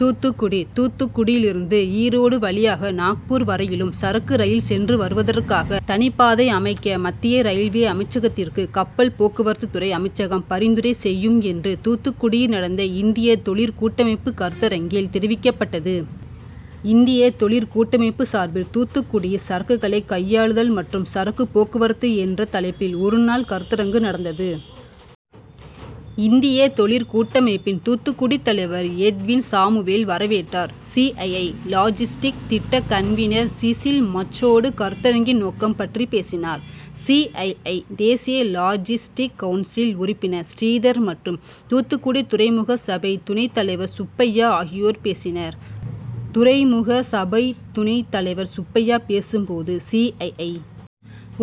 தூத்துக்குடி தூத்துக்குடியில் இருந்து ஈரோடு வழியாக நாக்பூர் வரையிலும் சரக்கு ரயில் சென்று வருவதற்காக தனிப்பாதை அமைக்க மத்திய ரயில்வே அமைச்சகத்திற்கு கப்பல் போக்குவரத்துறை அமைச்சகம் பரிந்துரை செய்யும் என்று தூத்துக்குடியில் நடந்த இந்திய தொழிற்கூட்டமைப்பு கருத்தரங்கில் தெரிவிக்கப்பட்டது. இந்திய தொழிற்கூட்டமைப்பு சார்பில் தூத்துக்குடியில் சரக்குகளை கையாளுதல் மற்றும் சரக்கு போக்குவரத்து என்ற தலைப்பில் ஒருநாள் கருத்தரங்கு நடந்தது. இந்திய தொழிற்கூட்டமைப்பின் தூத்துக்குடி தலைவர் எட்வின்சாமுவேல் வரவேற்றார். சிஐஐ., லாஜிஸ்டிக் திட்ட கன்வீனர் சிசில் மச்சோடு கருத்தரங்கின் நோக்கம் பற்றி பேசினார். சிஐஐ., தேசிய லாஜிஸ்டிக் கவுன்சில் உறுப்பினர் ஸ்ரீதர் மற்றும் தூத்துக்குடி துறைமுக சபை துணைத் தலைவர் சுப்பையா ஆகியோர் பேசினர். துறைமுக சபைத் துணைத் தலைவர் சுப்பையா பேசும் போது, சிஐஐ.,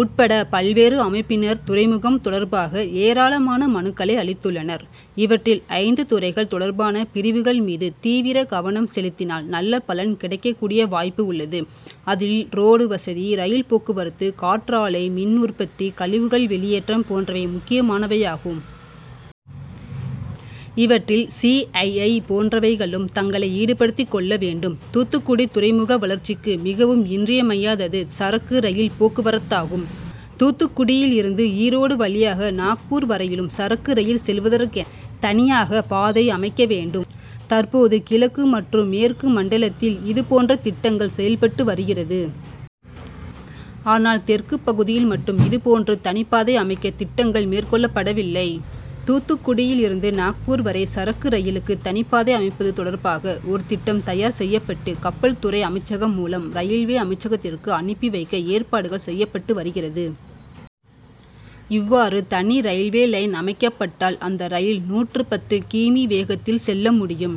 உட்பட பல்வேறு அமைப்பினர் துறைமுகம் தொடர்பாக ஏராளமான மனுக்களை அளித்துள்ளனர். இவற்றில் ஐந்து துறைகள் தொடர்பான பிரிவுகள் மீது தீவிர கவனம் செலுத்தினால் நல்ல பலன் கிடைக்கக் கூடிய வாய்ப்பு உள்ளது. அதில் ரோடு வசதி, ரயில் போக்குவரத்து, காற்றாலை மின் உற்பத்தி, கழிவுகள் வெளியேற்றம் போன்றவை முக்கியமானவையாகும். இவற்றில் சிஐஐ., போன்றவைகளும் தங்களை ஈடுபடுத்திக் கொள்ள வேண்டும். தூத்துக்குடி துறைமுக வளர்ச்சிக்கு மிகவும் இன்றியமையாதது சரக்கு ரயில் போக்குவரத்தாகும். தூத்துக்குடியில் இருந்து ஈரோடு வழியாக நாக்பூர் வரையிலும் சரக்கு ரயில் செல்வதற்கென தனியாக பாதை அமைக்க வேண்டும். தற்போது கிழக்கு மற்றும் மேற்கு மண்டலத்தில் இது போன்ற திட்டங்கள் செயல்பட்டு வருகிறது. ஆனால் தெற்கு பகுதியில் மட்டும் இது போன்று தனிப்பாதை அமைக்க திட்டங்கள் மேற்கொள்ளப்படவில்லை. தூத்துக்குடியில் இருந்து நாக்பூர் வரை சரக்கு ரயிலுக்கு தனிப்பாதை அமைப்பது தொடர்பாக ஒரு திட்டம் தயார் செய்யப்பட்டு கப்பல் துறை அமைச்சகம் மூலம் ரயில்வே அமைச்சகத்திற்கு அனுப்பி வைக்க ஏற்பாடுகள் செய்யப்பட்டு வருகிறது. இவ்வாறு தனி ரயில்வே லைன் அமைக்கப்பட்டால் அந்த ரயில் நூற்று பத்து கிமீ வேகத்தில் செல்ல முடியும்.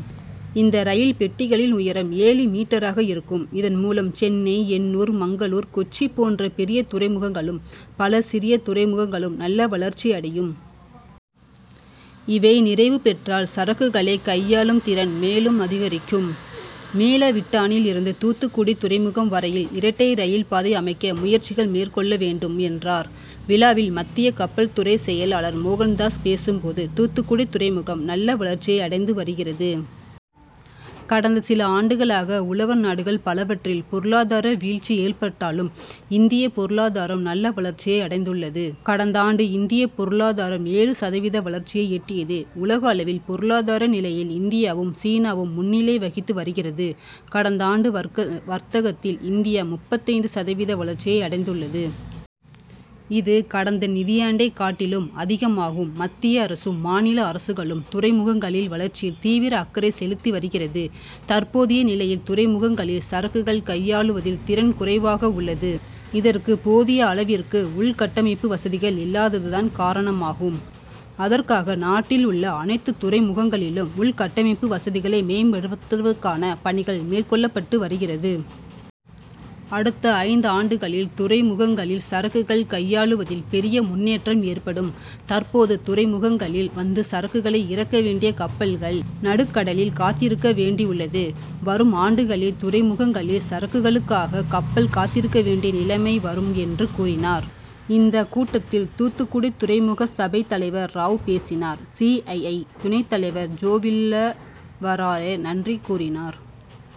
இந்த ரயில் பெட்டிகளில் உயரம் ஏழு மீட்டராக இருக்கும். இதன் மூலம் சென்னை, எண்ணூர், மங்களூர், கொச்சி போன்ற பெரிய துறைமுகங்களும், பல சிறிய துறைமுகங்களும் நல்ல வளர்ச்சி அடையும். இவை நிறைவு பெற்றால் சரக்குகளை கையாளும் திறன் மேலும் அதிகரிக்கும். மீளவிட்டானில் இருந்து தூத்துக்குடி துறைமுகம் வரையில் இரட்டை ரயில் பாதை அமைக்க முயற்சிகள் மேற்கொள்ள வேண்டும் என்றார். விழாவில் மத்திய கப்பல் துறை செயலாளர் மோகன்தாஸ் பேசும் போது, தூத்துக்குடி துறைமுகம் நல்ல வளர்ச்சியை அடைந்து வருகிறது. கடந்த சில ஆண்டுகளாக உலக நாடுகள் பலவற்றில் பொருளாதார வீழ்ச்சி ஏற்பட்டாலும், இந்திய பொருளாதாரம் நல்ல வளர்ச்சியை அடைந்துள்ளது. கடந்தாண்டு இந்திய பொருளாதாரம் ஏழு சதவீத வளர்ச்சியை எட்டியது. உலக அளவில் பொருளாதார நிலையில் இந்தியாவும், சீனாவும் முன்னிலை வகித்து வருகிறது. கடந்தாண்டு வர்த்தகத்தில் இந்தியா முப்பத்தைந்து சதவீத வளர்ச்சியை அடைந்துள்ளது. இது கடந்த நிதியாண்டை காட்டிலும் அதிகமாகும். மத்திய அரசும், மாநில அரசுகளும் துறைமுகங்களில் வளர்ச்சியில் தீவிர அக்கறை செலுத்தி வருகிறது. தற்போதைய நிலையில் துறைமுகங்களில் சரக்குகள் கையாளுவதில் திறன் குறைவாக உள்ளது. இதற்கு போதிய அளவிற்கு உள்கட்டமைப்பு வசதிகள் இல்லாதது தான் காரணமாகும். அதற்காக நாட்டில் உள்ள அனைத்து துறைமுகங்களிலும் உள்கட்டமைப்பு வசதிகளை மேம்படுத்துவதற்கான பணிகள் மேற்கொள்ளப்பட்டு வருகிறது. அடுத்த ஐந்தாண்டுகளில் துறைமுகங்களில் சரக்குகள் கையாளுவதில் பெரிய முன்னேற்றம் ஏற்படும். தற்போது துறைமுகங்களில் வந்து சரக்குகளை இறக்க வேண்டிய கப்பல்கள் நடுக்கடலில் காத்திருக்க வேண்டியுள்ளது. வரும் ஆண்டுகளில் துறைமுகங்களில் சரக்குகளுக்காக கப்பல் காத்திருக்க வேண்டிய நிலைமை வரும் என்று கூறினார். இந்த கூட்டத்தில் தூத்துக்குடி துறைமுக சபைத் தலைவர் ராவ் பேசினார். சிஐஐ., துணைத் தலைவர் ஜோவில்லவராயர் நன்றி கூறினார்.